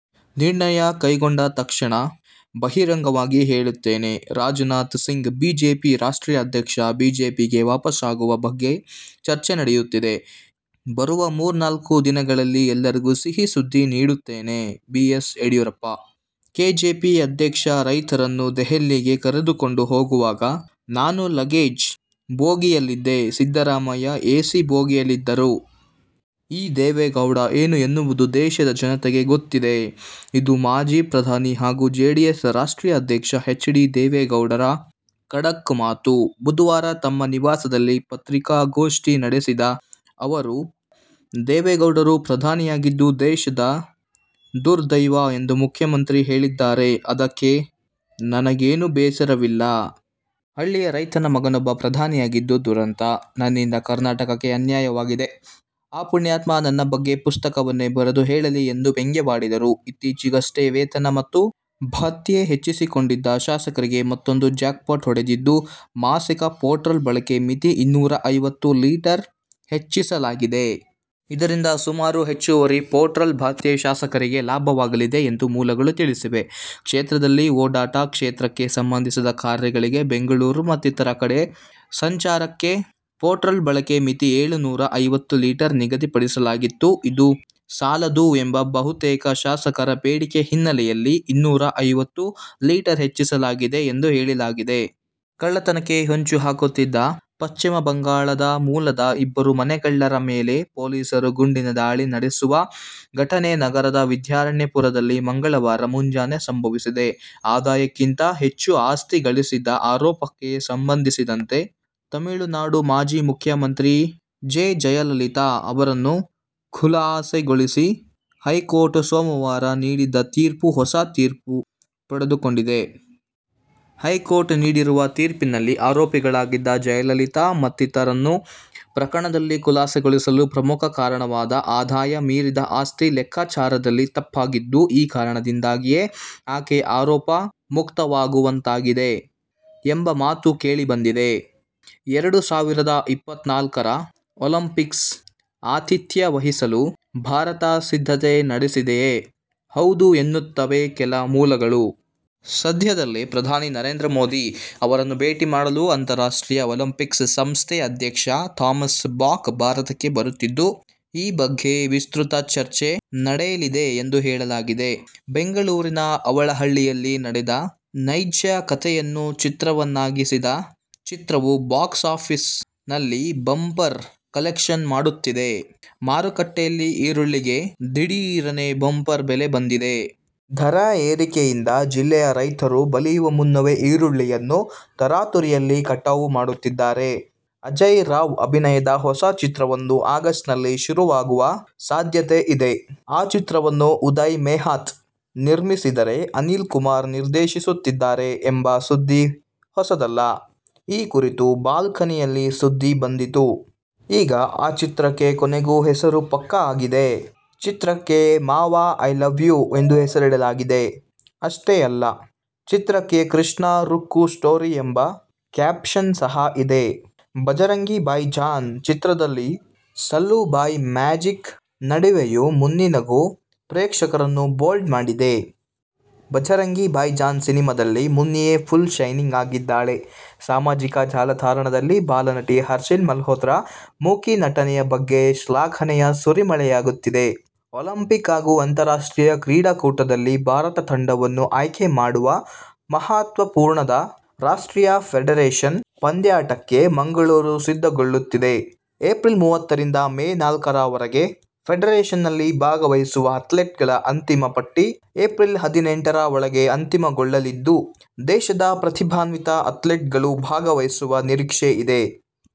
ನಿರ್ಣಯ ಕೈಗೊಂಡ ತಕ್ಷಣ ಬಹಿರಂಗವಾಗಿ ಹೇಳುತ್ತೇವೆ-ರಾಜನಾಥ್ ಸಿಂಗ್, ಬಿಜೆಪಿ ರಾಷ್ಟ್ರೀಯ ಅಧ್ಯಕ್ಷ ಬಿಜೆಪಿಗೆ ವಾಪಸಾಗುವ ಬಗ್ಗೆ ಚರ್ಚೆ ನಡೆಯುತ್ತಿದೆ. ಬರುವ ಮೂರ್ನಾಲ್ಕು ದಿನಗಳಲ್ಲಿ ಎಲ್ಲರಿಗೂ ಸಿಹಿ ಸುದ್ದಿ ನೀಡುತ್ತೇನೆ-ಬಿ. ಎಸ್. ಯಡಿಯೂರಪ್ಪ, ಕೆಜೆಪಿ ಅಧ್ಯಕ್ಷ ರೈತರನ್ನು ದೆಹಲಿಗೆ ಕರೆದುಕೊಂಡು ಹೋಗುವಾಗ ನಾನು ಲಗೇಜ್ ಬೋಗಿಯಲ್ಲಿದ್ದೆ, ಸಿದ್ದರಾಮಯ್ಯ ಎ ಸಿ ಬೋಗಿಯಲ್ಲಿದ್ದರು. ಈ ದೇವೇಗೌಡ ಏನು ಎನ್ನುವುದು ದೇಶದ ಜನತೆಗೆ ಗೊತ್ತಿದೆ. ಇದು ಮಾಜಿ ಪ್ರಧಾನಿ ಹಾಗೂ ಜೆಡಿಎಸ್ ರಾಷ್ಟ್ರೀಯ ಅಧ್ಯಕ್ಷ ಎಚ್. ಡಿ. ದೇವೇಗೌಡರ ಖಡಕ್ ಮಾತು. ಬುಧವಾರ ತಮ್ಮ ನಿವಾಸದಲ್ಲಿ ಪತ್ರಿಕಾಗೋಷ್ಠಿ ನಡೆಸಿದ ಅವರು, ದೇವೇಗೌಡರು ಪ್ರಧಾನಿಯಾಗಿದ್ದು ದೇಶದ ದುರ್ದೈವ ಎಂದು ಮುಖ್ಯಮಂತ್ರಿ ಹೇಳಿದ್ದಾರೆ, ಅದಕ್ಕೆ ನನಗೇನೂ ಬೇಸರವಿಲ್ಲ. ಹಳ್ಳಿ ರೈತನ ಮಗನೊಬ್ಬ ಪ್ರಧಾನಿಯಾಗಿದ್ದು ದುರಂತ. ನನ್ನಿಂದ ಕರ್ನಾಟಕಕ್ಕೆ ಅನ್ಯಾಯವಾಗಿದೆ. ಆ ಪುಣ್ಯಾತ್ಮ ನನ್ನ ಬಗ್ಗೆ ಪುಸ್ತಕವನ್ನೇ ಬರೆದು ಹೇಳಲಿ ಎಂದು ವ್ಯಂಗ್ಯವಾಡಿದರು. ಇತ್ತೀಚೆಗಷ್ಟೇ ವೇತನ ಮತ್ತು ಭತ್ಯೆ ಹೆಚ್ಚಿಸಿಕೊಂಡಿದ್ದ ಶಾಸಕರಿಗೆ ಮತ್ತೂಂದು ಜಾಕ್ಪಾಟ್' ಹೊಡೆದಿದ್ದು, ಮಾಸಿಕ ಪೆಟ್ರೋಲ್ ಬಳಕೆ ಮಿತಿ ಇನ್ನೂರ ಐವತ್ತು ಲೀಟರ್ ಹೆಚ್ಚಿಸಲಾಗಿದೆ. ಇದರಿಂದ ಸುಮಾರು ಹೆಚ್ಚುವರಿ ಪೆಟ್ರೋಲ್ ಭತ್ಯೆ ಶಾಸಕರಿಗೆ ಲಭ್ಯವಾಗಲಿದೆ ಎಂದು ಮೂಲಗಳು ತಿಳಿಸಿವೆ. ಕ್ಷೇತ್ರದಲ್ಲಿ ಓಡಾಟ, ಕ್ಷೇತ್ರಕ್ಕೆ ಸಂಬಂಧಿಸಿದ ಕಾರ್ಯಗಳಿಗೆ ಬೆಂಗಳೂರು ಮತ್ತಿತರ ಕಡೆ ಸಂಚಾರಕ್ಕೆ ಪೆಟ್ರೋಲ್ ಬಳಕೆ ಮಿತಿ ಏಳು ನೂರ ಐವತ್ತು ಲೀಟರ್ ನಿಗದಿ ಪಡಿಸಲಾಗಿತ್ತು. ಇದು ಸಾಲದು ಎಂಬ ಬಹುತೇಕ ಶಾಸಕರ ಬೇಡಿಕೆ ಹಿನ್ನೆಲೆಯಲ್ಲಿ ಇನ್ನೂರ ಐವತ್ತು ಲೀಟರ್ ಹೆಚ್ಚಿಸಲಾಗಿದೆ ಎಂದು ಹೇಳಲಾಗಿದೆ. ಕಳ್ಳತನಕ್ಕೆ ಹೊಂಚುಹಾಕುತ್ತಿದ್ದ ಪಶ್ಚಿಮಬಂಗಾಳದ ಮೂಲದ ಇಬ್ಬರು ಮನೆಗಳ್ಳರ ಮೇಲೆ ಪೊಲೀಸರು ಗುಂಡಿನ ದಾಳಿ ನಡೆಸಿರುವ ಘಟನೆ ನಗರದ ವಿದ್ಯಾರಣ್ಯಪುರದಲ್ಲಿ ಮಂಗಳವಾರ ಮುಂಜಾನೆ ಸಂಭವಿಸಿದೆ. ಆದಾಯಕ್ಕಿಂತ ಹೆಚ್ಚು ಆಸ್ತಿ ಗಳಿಸಿದ ಆರೋಪಕ್ಕೆ ಸಂಬಂಧಿಸಿದಂತೆ ತಮಿಳುನಾಡು ಮಾಜಿ ಮುಖ್ಯಮಂತ್ರಿ ಜೆ. ಜಯಲಲಿತಾ ಅವರನ್ನು ಖುಲಾಸೆಗೊಳಿಸಿ ಹೈಕೋರ್ಟ್ ಸೋಮವಾರ ನೀಡಿದ ತೀರ್ಪು ಹೊಸ ತಿರುವು ಪಡೆದುಕೊಂಡಿದೆ. ಹೈಕೋರ್ಟ್ ನೀಡಿರುವ ತೀರ್ಪಿನಲ್ಲಿ ಆರೋಪಿಗಳಾಗಿದ್ದ ಜಯಲಲಿತಾ ಮತ್ತಿತರರನ್ನು ಪ್ರಕರಣದಲ್ಲಿ ಖುಲಾಸೆಗೊಳಿಸಲು ಪ್ರಮುಖ ಕಾರಣವಾದ ಆದಾಯ ಮೀರಿದ ಆಸ್ತಿ ಲೆಕ್ಕಾಚಾರದಲ್ಲಿ ತಪ್ಪಾಗಿದ್ದು, ಈ ಕಾರಣದಿಂದಾಗಿಯೇ ಆಕೆ ಆರೋಪ ಮುಕ್ತವಾಗುವಂತಾಗಿದೆ ಎಂಬ ಮಾತು ಕೇಳಿಬಂದಿದೆ. ಎರಡು ಸಾವಿರದ ಇಪ್ಪತ್ನಾಲ್ಕರ ಒಲಿಂಪಿಕ್ಸ್ ಆತಿಥ್ಯ ವಹಿಸಲು ಭಾರತ ಸಿದ್ಧತೆ ನಡೆಸಿದೆಯೇ ಹೌದು ಎನ್ನುತ್ತವೆ ಕೆಲ ಮೂಲಗಳು. ಸದ್ಯದಲ್ಲೇ ಪ್ರಧಾನಿ ನರೇಂದ್ರ ಮೋದಿ ಅವರನ್ನು ಭೇಟಿ ಮಾಡಲು ಅಂತಾರಾಷ್ಟ್ರೀಯ ಒಲಿಂಪಿಕ್ಸ್ ಸಂಸ್ಥೆ ಅಧ್ಯಕ್ಷ ಥಾಮಸ್ ಬಾಕ್ ಭಾರತಕ್ಕೆ ಬರುತ್ತಿದ್ದು, ಈ ಬಗ್ಗೆ ವಿಸ್ತೃತ ಚರ್ಚೆ ನಡೆಯಲಿದೆಯೆಂದು ಹೇಳಲಾಗಿದೆ. ಬೆಂಗಳೂರಿನ ಅವಲಹಳ್ಳಿಯಲ್ಲಿ ನಡೆದ ನೈಜ ಕಥೆಯನ್ನು ಚಿತ್ರವನ್ನಾಗಿಸಿದ ಚಿತ್ರವು ಬಾಕ್ಸಾಫೀಸ್'ನಲ್ಲಿ ಬಂಪರ್ ಕಲೆಕ್ಷನ್ ಮಾಡುತ್ತಿದೆ. ಮಾರುಕಟ್ಟೆಯಲ್ಲಿ ಈರುಳ್ಳಿಗೆ ದಿಢೀರನೇ ಬಂಪರ್ ಬೆಲೆ ಬಂದಿದೆ. ದರ ಏರಿದ್ದರಿಂದ ಜಿಲ್ಲೆಯ ರೈತರು ಬಲಿಯುವ ಮುನ್ನವೇ ಈರುಳ್ಳಿಯನ್ನು ತರಾತುರಿಯಲ್ಲಿ ಕಟಾವು ಮಾಡುತ್ತಿದ್ದಾರೆ. ಅಜೇಯ್ ರಾವ್ ಅಭಿನಯದ ಹೊಸ ಚಿತ್ರವೊಂದು ಆಗಸ್ಟ್ನಲ್ಲಿ ಶುರುವಾಗುವ ಸಾಧ್ಯತೆ ಇದೆ, ಆ ಚಿತ್ರವನ್ನು ಉದಯ್ ಮೆಹ್ತಾ ನಿರ್ಮಿಸಿದರೆ, ಅನಿಲ್ ಕುಮಾರ್ ನಿರ್ದೇಶಿಸುತ್ತಿದ್ದಾರೆ ಎಂಬ ಸುದ್ದಿ ಹೊಸದೇನಲ್ಲ. ಈ ಕುರಿತು ಬಾಲ್ಕನಿಯಲ್ಲಿ ಸುದ್ದಿ ಬಂದಿತ್ತು. ಈಗ ಆ ಚಿತ್ರಕ್ಕೆ ಕೊನೆಗೂ ಹೆಸರು ಪಕ್ಕಾ ಆಗಿದೆ. ಚಿತ್ರಕ್ಕೆ ಮಾವ ಐ ಲವ್ ಯು ಎಂದು ಹೆಸರಿಡಲಾಗಿದೆ. ಅಷ್ಟೇ ಅಲ್ಲ, ಚಿತ್ರಕ್ಕೆ ಕೃಷ್ಣ-ರುಕ್ಕು ಸ್ಟೋರಿ ಎಂಬ ಕ್ಯಾಪ್ಶನ್ ಸಹ ಇದೆ. ಭಜರಂಗಿ ಭಾಯಿಜಾನ್ ಚಿತ್ರದಲ್ಲಿ ಸಲ್ಲೂ ಭಾಯ್ ಮ್ಯಾಜಿಕ್ ನಡುವೆಯೂ ಮುನ್ನಿ ನಗು ಪ್ರೇಕ್ಷಕರನ್ನು ಬೋಲ್ಡ್ ಮಾಡಿದೆ. ಭಜರಂಗಿ ಭಾಯಿಜಾನ್ ಸಿನಿಮಾದಲ್ಲೀಗ ಮುನ್ನಿಯೇ ಫುಲ್ ಶೈನಿಂಗ್ ಆಗಿದ್ದಾಳೆ. ಸಾಮಾಜಿಕ ಜಾಲತಾಣದಲ್ಲಿ ಬಾಲನಟಿ ಹರ್ಷಾಲಿ ಮಲ್ಹೋತ್ರಾ ಮೂಕಿ ನಟನೆಯ ಬಗ್ಗೆಯೇ ಶ್ಲಾಘನೆಯ ಸುರಿಮಳೆಯಾಗುತ್ತಿದೆ. ಒಲಿಂಪಿಕ್ ಹಾಗೂ ಅಂತಾರಾಷ್ಟ್ರೀಯ ಕ್ರೀಡಾಕೂಟದಲ್ಲಿ ಭಾರತದ ತಂಡವನ್ನು ಆಯ್ಕೆ ಮಾಡುವ ಮಹತ್ವಪೂರ್ಣವಾದ ರಾಷ್ಟ್ರೀಯ ಫೆಡರೇಶನ್ ಪಂದ್ಯಾಟಕ್ಕೆ ಮಂಗಳೂರು ಸಿದ್ದಗೊಳ್ಳುತ್ತಿದೆ. ಏಪ್ರಿಲ್ ಮೂವತ್ತರಿಂದ ಮೇ ನಾಲ್ಕರ ವರೆಗೆ ಫೆಡರೇಶನ್ನಲ್ಲಿ ಭಾಗವಹಿಸುವ ಆ್ಯತ್ಲೀಟ್ಗಳ ಅಂತಿಮ ಪಟ್ಟಿ ಏಪ್ರಿಲ್ ಹದಿನೆಂಟರ ಒಳಗೆ ಅಂತಿಮಗೊಳ್ಳಲಿದ್ದು, ದೇಶದ ಪ್ರತಿಭಾನ್ವಿತ ಆ್ಯತ್ಲೀಟ್ಗಳು ಭಾಗವಹಿಸುವ ನಿರೀಕ್ಷೆ ಇದೆ.